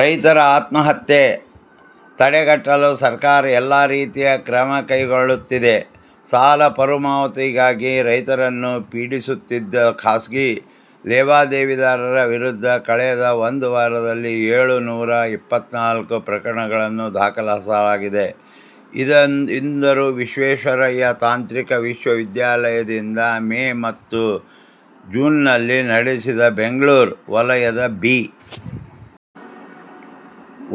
ರೈತರ ಆತ್ಮಹತ್ಯೆ ತಡೆಗಟ್ಟಲು ಸರ್ಕಾರ ಎಲ್ಲಾ ರೀತಿಯ ಕ್ರಮ ಕೈಗೊಳ್ಳುತ್ತಿದೆ. ಸಾಲ ಮರುಪಾವತಿಗಾಗಿ ರೈತರನ್ನು ಪೀಡಿಸುತ್ತಿದ್ದ ಖಾಸಗಿ ಲೇವಾದೇವಿದಾರರ ವಿರುದ್ಧ ಕಳೆದ ಒಂದು ವಾರದಲ್ಲಿ ಏಳು ನೂರ ಎಪ್ಪತ್ನಾಲ್ಕು ಪ್ರಕರಣಗಳನ್ನು ದಾಖಲಿಸಲಾಗಿದೆ ಎಂದರು. ವಿಶ್ವೇಶ್ವರಯ್ಯ ತಾಂತ್ರಿಕ ವಿಶ್ವ ವಿದ್ಯಾಲಯದಿಂದ ಮೇ ಮತ್ತು ಜೂನ್ದಲ್ಲಿ ನಡೆಸಿದ ಬೆಂಗಳೂರು ವಲಯದ ಬಿ.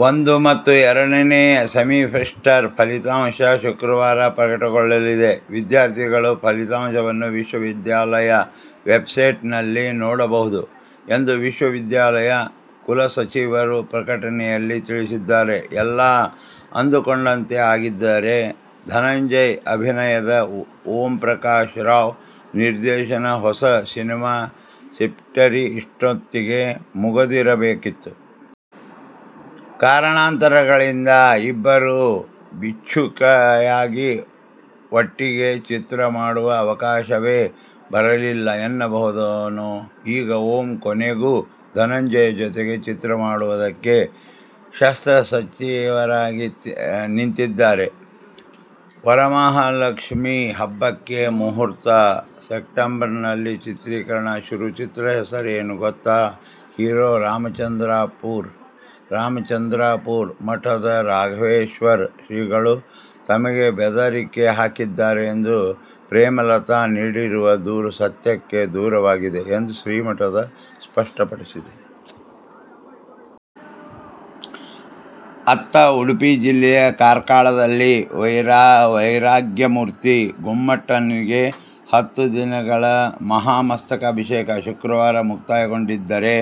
ಒಂದು ಮತ್ತು ಎರಡನೇ ಸೆಮಿಸ್ಟರ್ ಫಲಿತಾಂಶ ಶುಕ್ರವಾರ ಪ್ರಕಟಗೊಳ್ಳಲಿದೆ. ವಿದ್ಯಾರ್ಥಿಗಳು ಫಲಿತಾಂಶವನ್ನು ವಿಶ್ವ ವಿದ್ಯಾಲಯ ವೆಬ್ಸೈಟ್ ದಲ್ಲಿ ನೋಡಬಹುದು ಎಂದು ವಿಶ್ವ ವಿದ್ಯಾಲಯ ಕುಲಸಚಿವರು ಪ್ರಕಟಣೆಯಲ್ಲಿ ತಿಳಿಸಿದ್ದಾರೆ. ಎಲ್ಲಾ ಅಂದುಕೊಂಡಂತೆ ಆಗಿದ್ದರೆ ಧನಂಜಯ್ ಅಭಿನಯದ, ಓಂಪ್ರಕಾಶ್ ರಾವ್ ನಿರ್ದೇಶನದ ಹೊಸ ಸಿನಿಮಾ ಸೆಟ್ಟೇರಿ ಇಷ್ಟೊತ್ತಿಗೆ ಮುಗಿದಿರಬೇಕಿತ್ತು. ಕಾರಣಾಂತರಗಳಿಂದ ಇಬ್ಬರೂ ಬಿಝಿಯಾಗಿ, ಒಟ್ಟಿಗೆ ಚಿತ್ರ ಮಾಡುವ ಅವಕಾಶವೇ ಬರಲಿಲ್ಲ ಎನ್ನಬಹುದೇನೋ. ಈಗ ಓಂ ಕೊನೆಗೂ ಧನಂಜಯ್ ಜೊತೆಗೆ ಚಿತ್ರ ಮಾಡುವುದಕ್ಕೆ ಶಸ್ತ್ರಸಜ್ಜಿತರಾಗಿ ನಿಂತಿದ್ದಾರೆ. ವರಮಹಾಲಕ್ಷ್ಮೀ ಹಬ್ಬಕ್ಕೆ ಮುಹೂರ್ತ. ಸೆಪ್ಟೆಂಬರ್ನಲ್ಲಿ ಚಿತ್ರೀಕರಣ ಶುರು. ಚಿತ್ರದ ಹೆಸರೇನು ಗೊತ್ತಾ ಹೀರೋ. ರಾಮಚಂದ್ರಾಪುರ ಮಠದ ರಾಘವೇಶ್ವರ ಶ್ರೀಗಳು ತಮಗೆ ಬೆದರಿಕೆ ಹಾಕಿದ್ದಾರೆ ಎಂದು ಪ್ರೇಮಲತಾ ನೀಡಿರುವ ದೂರು ಸತ್ಯಕ್ಕೆ ದೂರವಾಗಿದೆ ಎಂದು ಶ್ರೀಮಠ ಸ್ಪಷ್ಟಪಡಿಸಿದೆ. ಅತ್ತ ಉಡುಪಿ ಜಿಲ್ಲೆಯ ಕಾರ್ಕಳದಲ್ಲಿ ವೈರಾಗ್ಯಮೂರ್ತಿ ಗೊಮ್ಮಟನಿಗೆ ಹತ್ತು ದಿನಗಳ "ಮಹಾಮಸ್ತಕಾಭಿಷೇಕ' ಶುಕ್ರವಾರ ಮುಕ್ತಾಯಗೊಂಡಿದ್ದರೆ,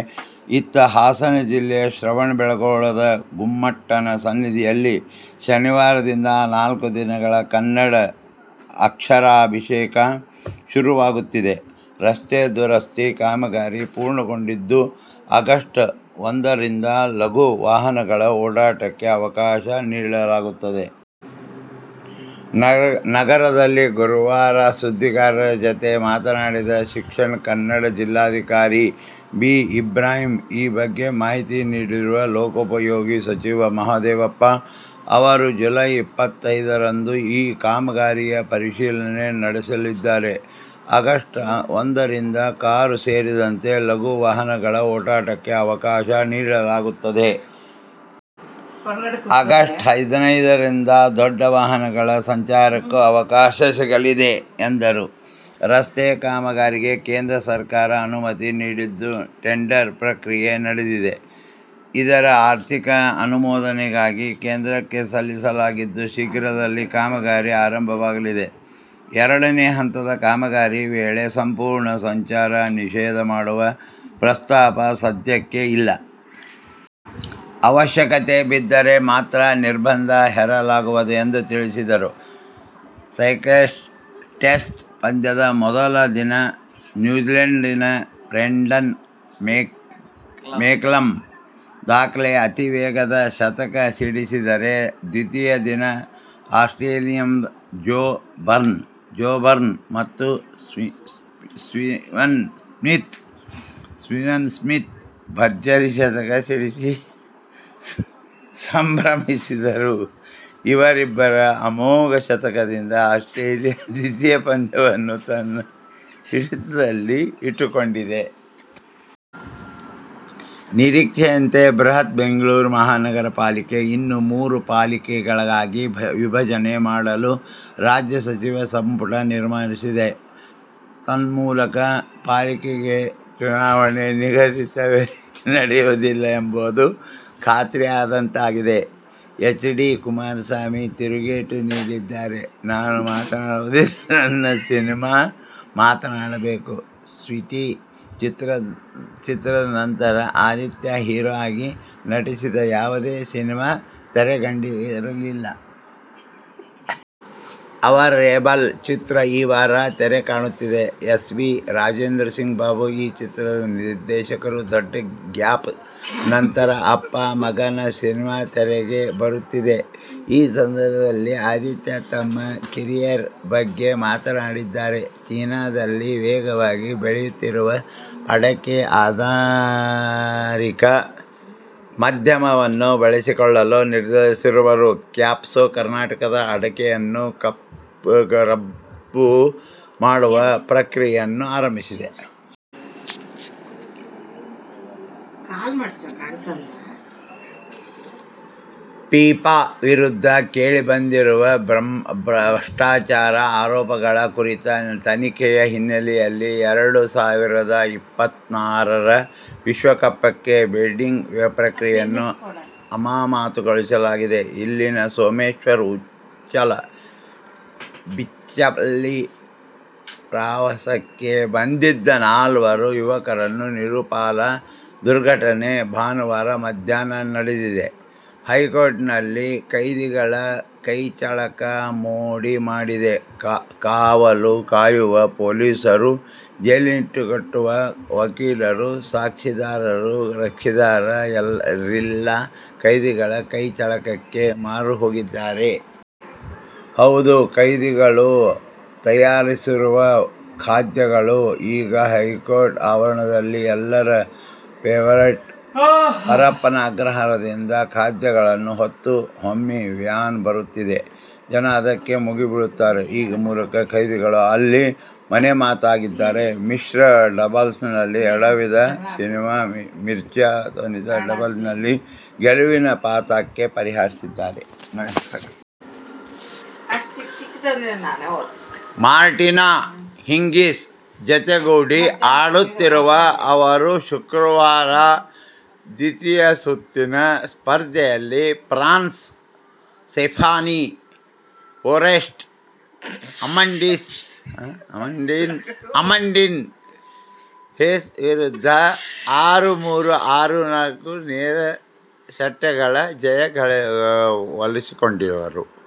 ಇತ್ತ ಹಾಸನ ಜಿಲ್ಲೆಯ ಶ್ರವಣ ಬೆಳಗೊಳದ ಗೊಮ್ಮಟನ ಸನ್ನಿಧಿಯಲ್ಲಿ ಶನಿವಾರದಿಂದ ನಾಲ್ಕು ದಿನಗಳ "ಕನ್ನಡ ಅಕ್ಷರಾಭಿಷೇಕ' ಶುರುವಾಗುತ್ತಿದೆ. ರಸ್ತೆ ದುರಸ್ತಿ ಕಾಮಗಾರಿ ಪೂರ್ಣಗೊಂಡಿದ್ದು, ಆಗಸ್ಟ್ ಒಂದರಿಂದ ಲಘು ವಾಹನಗಳ ಓಡಾಟಕ್ಕೆ ಅವಕಾಶ ನೀಡಲಾಗುತ್ತದೆ. ನಗರದಲ್ಲಿ ಗುರುವಾರ ಸುದ್ದಿಗಾರರ ಜತೆ ಮಾತನಾಡಿದ ದಕ್ಷಿಣ ಕನ್ನಡ ಜಿಲ್ಲಾಧಿಕಾರಿ ಎ. ಬಿ. ಇಬ್ರಾಹಿಂ ಈ ಬಗ್ಗೆ ಮಾಹಿತಿ ನೀಡಿದರು. ಲೋಕೋಪಯೋಗಿ ಸಚಿವ ಮಹಾದೇವಪ್ಪ ಅವರು ಜುಲೈ. ಇಪ್ಪತ್ತೈದರಂದು ಈ ಕಾಮಗಾರಿಯ ಪರಿಶೀಲನೆ ನಡೆಸಲಿದ್ದಾರೆ. ಆಗಸ್ಟ್ ಒಂದರಿಂದ ಕಾರು ಸೇರಿದಂತೆ ಲಘು ವಾಹನಗಳ ಓಡಾಟಕ್ಕೆ ಅವಕಾಶ ನೀಡಲಾಗುತ್ತದೆ. ಆಗಸ್ಟ್ ಹದಿನೈದರಿಂದ ದೊಡ್ಡ ವಾಹನಗಳ ಸಂಚಾರಕ್ಕೂ ಅವಕಾಶ ಸಿಗಲಿದೆ ಎಂದರು. ರಸ್ತೆಯ ಕಾಮಗಾರಿಗೆ ಕೇಂದ್ರ ಸರಕಾರ ಅನುಮತಿ ನೀಡಿದ್ದು, ಟೆಂಡರ್ ಪ್ರಕ್ರಿಯೆ ನಡೆದಿದೆ. ಇದರ ಆರ್ಥಿಕ ಅನುಮೋದನೆಗಾಗಿ ಕೇಂದ್ರಕ್ಕೆ ಸಲ್ಲಿಸಲಾಗಿದ್ದು, ಶೀಘ್ರದಲ್ಲಿ ಕಾಮಗಾರಿ ಆರಂಭವಾಗಲಿದೆ. ಎರಡನೇ ಹಂತದ ಕಾಮಗಾರಿ ವೇಳೆ ಸಂಪೂರ್ಣ ಸಂಚಾರ ನಿಷೇಧ ಮಾಡುವ ಪ್ರಸ್ತಾಪ ಸದ್ಯಕ್ಕೆ ಇಲ್ಲ. ಅವಶ್ಯಕತೆ ಬಿದ್ದರೆ ಮಾತ್ರ ನಿರ್ಬಂಧ ಹೇರಲಾಗುವುದು ಎಂದು ತಿಳಿಸಿದರು. ಕ್ರೈಸ್ಟ್ಚರ್ಚ್ ಟೆಸ್ಟ್ ಪಂದ್ಯದ ಮೊದಲ ದಿನ ನ್ಯೂಜಿಲ್ಯಾಂಡಿನ ಬ್ರೆಂಡನ್ ಮೆಕಲಮ್ ದಾಖಲೆಯ ಅತೀವೇಗದ ಶತಕ ಸಿಡಿಸಿದರೆ ದ್ವಿತೀಯ ದಿನ ಆಸ್ಟ್ರೇಲಿಯದ ಜೋ ಬರ್ನ್ಸ್ ಮತ್ತು ಸ್ಟೀವನ್ ಸ್ಮಿತ್ ಭರ್ಜರಿ ಶತಕ ಸಿಡಿಸಿ ಸಂಭ್ರಮಿಸಿದರು. ಇವರಿಬ್ಬರ ಅಮೋಘ ಶತಕದಿಂದ ಆಸ್ಟ್ರೇಲಿಯ ದ್ವಿತೀಯ ಪಂದ್ಯವನ್ನು ತನ್ನ ಹಿಡಿತದಲ್ಲಿ ಇಟ್ಟುಕೊಂಡಿದೆ. ನಿರೀಕ್ಷೆಯಂತೆ ಬೃಹತ್ ಬೆಂಗಳೂರು ಮಹಾನಗರ ಪಾಲಿಕೆ ಯನ್ನು ಮೂರು ಪಾಲಿಕೆಗಳಾಗಿ ವಿಭಜನೆ ಮಾಡಲು ರಾಜ್ಯ ಸಚಿವ ಸಂಪುಟ ತೀರ್ಮಾನಿಸಿದೆ. ತನ್ಮೂಲಕ ಪಾಲಿಕೆಗೆ ಚುನಾವಣೆ ನಿಗದಿತ ವೇಳೆಗೆ ನಡೆಯುವುದಿಲ್ಲ ಎಂಬುದು ಖಾತರಿಯಾದಂತಾಗಿದೆ. ಹೆಚ್. ಡಿ. ಕುಮಾರಸ್ವಾಮಿ ತಿರುಗೇಟು ನೀಡಿದ್ದಾರೆ. ನಾನು ಮಾತಾಡುವುದಿಲ್ಲ, ನನ್ನ ಸಿನಿಮಾ ಮಾತಾಡಬೇಕು, "ಸ್ವೀಟಿ' ಚಿತ್ರದ ನಂತರ ಆದಿತ್ಯ ಹೀರೋ ಆಗಿ ನಟಿಸಿದ ಯಾವುದೇ ಸಿನಿಮಾ ತೆರೆಕಂಡಿರಲಿಲ್ಲ. ಅವರ "ರೆಬೆಲ್' ಚಿತ್ರ ಈ ವಾರ ತೆರೆ ಕಾಣುತ್ತಿದೆ. ಎಸ್. ವಿ. ರಾಜೆಂದ್ರಸಿಂಗ್ ಬಾಬು ಈ ಚಿತ್ರದ ನಿರ್ದೇಶಕರು. ದೊಡ್ಡ ಗ್ಯಾಪ್ನ ನಂತರ ಅಪ್ಪ-ಮಗನ ಸಿನಿಮಾ ತೆರೆಗೆ ಬರುತ್ತಿದೆ. ಈ ಸಂದರ್ಭದಲ್ಲಿ ಆದಿತ್ಯ ತಮ್ಮ ಕೆರಿಯರ್ ಬಗ್ಗೆ ಮಾತನಾಡಿದ್ದಾರೆ. ಚೀನಾದಲ್ಲಿ ವೇಗವಾಗಿ ಬೆಳೆಯುತ್ತಿರುವ ಅಡಕೆ ಆಧಾರಿತ ಉದ್ಯಮವನ್ನು ಬಳಸಿಕೊಳ್ಳಲು ನಿರ್ಧರಿಸಿರುವ ಕ್ಯಾಂಪ್ಕೋ, ಕರ್ನಾಟಕದ ಅಡಕೆಯನ್ನು ರಫ್ತು ಮಾಡಲು ಪ್ರಕ್ರಿಯೆಗಳನ್ನು ಆರಂಭಿಸಿದೆ. ಫಿಫಾ ವಿರುದ್ಧ ಕೇಳಿಬಂದಿರುವ ಭ್ರಷ್ಟಾಚಾರ ಆರೋಪಗಳ ಕುರಿತ ತನಿಖೆಯ ಹಿನ್ನೆಲೆಯಲ್ಲಿ ಎರಡು ಸಾವಿರದ ಇಪ್ಪತ್ತಾರರ ವಿಶ್ವಕಪ್ಗೆ ಬಿಡ್ಡಿಂಗ್ ಪ್ರಕ್ರಿಯೆಯನ್ನು ಅಮಾನತುಗೊಳಿಸಲಾಗಿದೆ. ಇಲ್ಲಿನ ಸೋಮೆಶ್ವರ-ಉಚ್ಚಿಲ ಬೀಚ್ನಲ್ಲಿ ಪ್ರಾವಸಕ್ಕೆ ಬಂದಿದ್ದ ನಾಲ್ವರು ಯುವಕರು ನೀರುಪಾಲದ ದುರ್ಘಟನೆ ಭಾನುವಾರ ಮಧ್ಯಾಹ್ನ ನಡೆದಿದೆ. ಹೈಕೋರ್ಟ್ನಲ್ಲಿ ಕೈದಿಗಳ ಕೈಚಳಕ ಮೋಡಿ ಮಾಡಿದೆ. ಕಾವಲು ಕಾಯುವ ಪೊಲೀಸರು, ಜೈಲಿಗಟ್ಟುವ ವಕೀಲರು, ಸಾಕ್ಷಿದಾರರು, ಕಕ್ಷಿದಾರ ರೆಲ್ಲಾ ಕೈದಿಗಳ ಕೈಚಳಕಕ್ಕೆ ಮಾರುಹೋಗಿದ್ದಾರೆ. ಹೌದು, ಕೈದಿಗಳು ತಯಾರಿಸುವ ಖಾದ್ಯಗಳು ಈಗ ಹೈಕೋರ್ಟ್ ಆವರಣದಲ್ಲಿ ಎಲ್ಲರ ಫೆವರಿಟ್'. ಪರಪ್ಪನ ಅಗ್ರಹಾರದಿಂದ ಖಾದ್ಯಗಳನ್ನು ಹೊತ್ತ ಓಮ್ನಿ ವ್ಯಾನ್ ಬರುತ್ತಿದ್ದಂತೆ ಜನ ಅದಕ್ಕೆ ಮುಗಿಬೀಳುತ್ತಾರೆ. ಈ ಮೂಲಕ ಕೈದಿಗಳು ಅಲ್ಲಿ ಮನೆಮಾತಾಗಿದ್ದಾರೆ. ಮಿಶ್ರ ಡಬಲ್ಸ್ನಲ್ಲಿ ಎಡವಿದ ಸಾನಿಯಾ ಮಿರ್ಜಾ ವನಿತಾ ಡಬಲ್ಸ್ನಲ್ಲಿ ಗೆಲುವಿನ ಪತಾಕೆ ಹಾರಿಸಿದ್ದಾರೆ. ಮಾರ್ಟಿನಾ ಹಿಂಗಿಸ್ ಜತೆಗೂಡಿ ಆಡುತ್ತಿರುವ ಅವರು ಶುಕ್ರವಾರದ ದ್ವಿತೀಯ ಸುತ್ತಿನ ಸ್ಪರ್ಧೆಯಲ್ಲಿ ಫ್ರಾನ್ಸ್ನ ಸ್ಟೆಫಾನಿ ಫೊರೆಟ್ಜ್-ಅಮಂಡೀನ್ ಹೆಸ್ ವಿರುದ್ಧ ಆರು-ಮೂರು, ಆರು-ನಾಲ್ಕು ನೇರ ಸೆಟ್ಗಳ ಜಯ ಒಲಿಸಿಕೊಂಡರು.